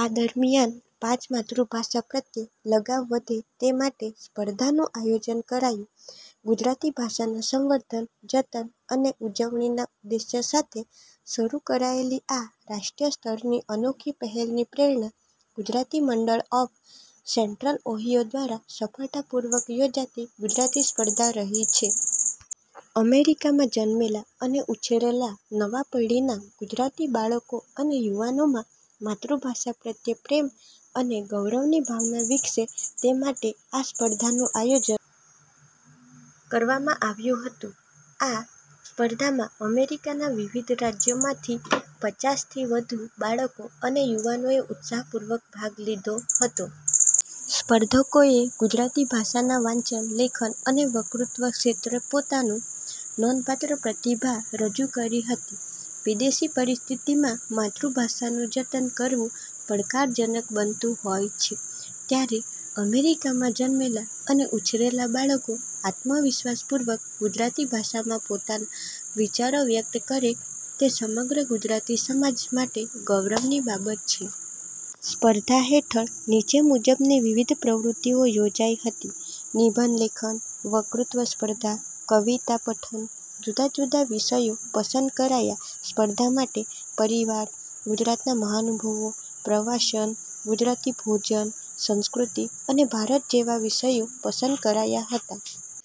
આ દરમિયાન પાંચ માતૃભાષા પ્રત્યે લગાવ વધે તે માટે સ્પર્ધાનું આયોજન કરાયું ગુજરાતી ભાષાના સંવર્ધન, જતન અને ઉજવણીના ઉદ્દેશ સાથે શરૂ કરાયેલી આ રાષ્ટ્રીય સ્તરની અનોખી પહેલની પ્રેરણા ગુજરાતી મંડળ ઓફ સેન્ટ્રલ ઓહીયો દ્વારા સફળતાપૂર્વક યોજાતી ગુજરાતી સ્પર્ધા રહી છે. અમેરિકામાં જન્મેલા અને ઉછરેલા નવી પેઢીના ગુજરાતી બાળકો અને યુવાનોમાં માતૃભાષા પ્રત્યે પ્રેમ અને ગૌરવની ભાવના વિકસે તે માટે આ સ્પર્ધાનું આયોજન કરવામાં આવ્યું હતું. આ સ્પર્ધામાં અમેરિકાના વિવિધ રાજ્યોમાંથી પચાસ થી વધુ બાળકો અને યુવાનોએ ઉત્સાહપૂર્વક ભાગ લીધો હતો. સ્પર્ધકોએ ગુજરાતી ભાષાના વાંચન, લેખન અને વક્તૃત્વ ક્ષેત્રે પોતાની નોંધપાત્ર પ્રતિભા રજૂ કરી હતી. વિદેશી પરિસ્થિતિમાં માતૃભાષાનું જતન કરવું પડકારજનક બનતું હોય છે ત્યારે અમેરિકામાં જન્મેલા અને ઉછરેલા બાળકો આત્મવિશ્વાસપૂર્વક ગુજરાતી ભાષામાં પોતાના વિચારો વ્યક્ત કરે તે સમગ્ર ગુજરાતી સમાજ માટે ગૌરવની બાબત છે. સ્પર્ધા હેઠળ નીચે મુજબની વિવિધ પ્રવૃત્તિઓ યોજાઇ હતી નિબંધ લેખન વક્તૃત્વ સ્પર્ધા કવિતા પાઠન જુદા-જુદા વિષયો પસંદ કરાયા સ્પર્ધા માટે પરિવાર, ગુજરાતના મહાનુભાવો, પ્રવાસન, ગુજરાતી ભોજન, સંસ્કૃતિ અને ભારત જેવા વિષયો પસંદ કરાયા હતા.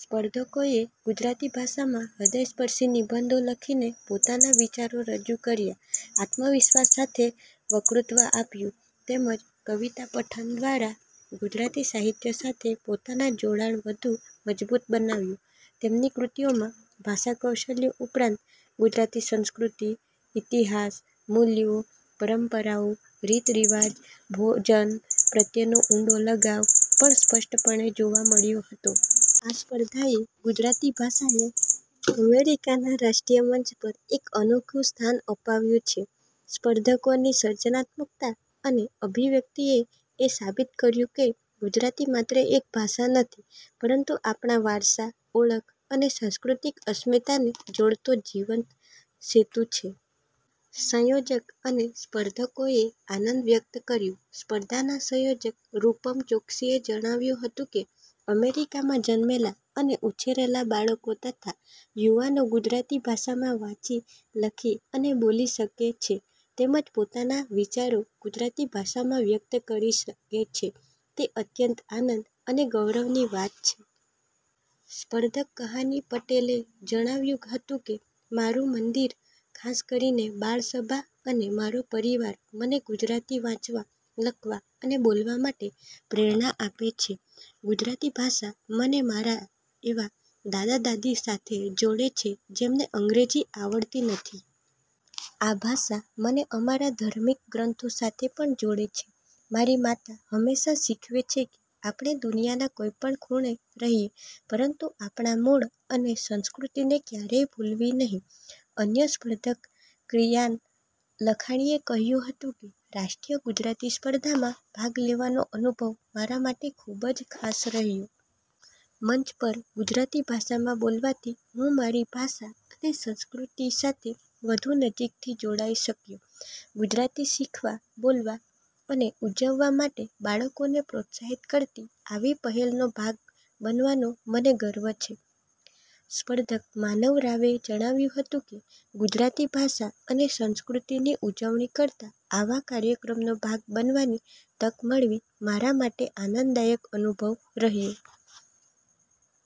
સ્પર્ધકોએ ગુજરાતી ભાષામાં હૃદયસ્પર્શી નિબંધો લખીને પોતાના વિચારો રજૂ કર્યા. આત્મવિશ્વાસ સાથે વક્તૃત્વ આપ્યું તેમજ કવિતા પાઠન દ્વારા ગુજરાતી સાહિત્ય સાથે પોતાનું જોડાણ વધુ મજબૂત બનાવ્યું. તેમની કૃતિઓમાં ભાષાકૌશલ્ય ઉપરાંત ગુજરાતી સંસ્કૃતિ, ઇતિહાસ, મૂલ્યો, પરંપરાઓ, રીત-રિવાજો અને ભોજન પ્રત્યેનો ઊંડો લગાવ પણ સ્પષ્ટપણે જોવા મળ્યો હતો. આ સ્પર્ધાએ ગુજરાતી ભાષાને અમેરિકાના રાષ્ટ્રીય મંચ પર એક અનોખું સ્થાન અપાવ્યું છે. સ્પર્ધકોની સર્જનાત્મકતા અને અભિવ્યક્તિએ એ સાબિત કર્યું કે ગુજરાતી માત્ર એક ભાષા નથી પરંતુ આપણા વારસા, ઓળખ અને સાંસ્કૃતિક અસ્મિતાને જોડતો જીવંત સેતુ છે. સંયોજક અને સ્પર્ધકોએ આનંદ વ્યક્ત કર્યો સ્પર્ધાના સંયોજક રૂપમ ચોક્સીએ જણાવ્યું હતું કે, અમેરિકામાં જન્મેલા અને ઉછરેલા બાળકો તથા યુવાનો ગુજરાતી ભાષામાં વાંચી, લખી અને બોલી શકે છે તેમજ પોતાના વિચારો ગુજરાતી ભાષામાં વ્યક્ત કરી શકે છે, તે અત્યંત આનંદ અને ગૌરવની વાત છે. સ્પર્ધક કહાની પટેલે જણાવ્યું હતું કે, મારું મંદિર, ખાસ કરીને બાળસભા અને મારો પરિવાર મને ગુજરાતી વાંચવા, લખવા અને બોલવા માટે પ્રેરણા આપે છે. ગુજરાતી ભાષા મને મારા એવા દાદા-દાદી સાથે જોડે છે જેમને અંગ્રેજી આવડતી નથી. આ ભાષા મને અમારા ધાર્મિક ગ્રંથો સાથે પણ જોડે છે. મારી માતા હંમેશાં શીખવે છે કે આપણે દુનિયાના કોઈપણ ખૂણે રહીએ, પરંતુ આપણા મૂળ અને સંસ્કૃતિને ક્યારેય ભૂલવી નહીં. અન્ય સ્પર્ધક કિયાન લાખાણીએ કહ્યું હતું, રાષ્ટ્રીય ગુજરાતી સ્પર્ધામાં ભાગ લેવાનો અનુભવ મારા માટે ખૂબ જ ખાસ રહ્યો. મંચ પર ગુજરાતી ભાષામાં બોલવાથી હું મારી ભાષા અને સંસ્કૃતિ સાથે વધુ નજીકથી જોડાઈ શક્યો. ગુજરાતી શીખવા, બોલવા અને ઉજવવા માટે બાળકોને પ્રોત્સાહિત કરતી આવી પહેલનો ભાગ બનવાનો મને ગર્વ છે. સ્પર્ધક માનવ રાવે જણાવ્યું હતું કે, ગુજરાતી ભાષા અને સંસ્કૃતિની ઉજવણી કરતા આવા કાર્યક્રમનો ભાગ બનવાની તક મળવી મારા માટે આનંદદાયક અનુભવ રહ્યો.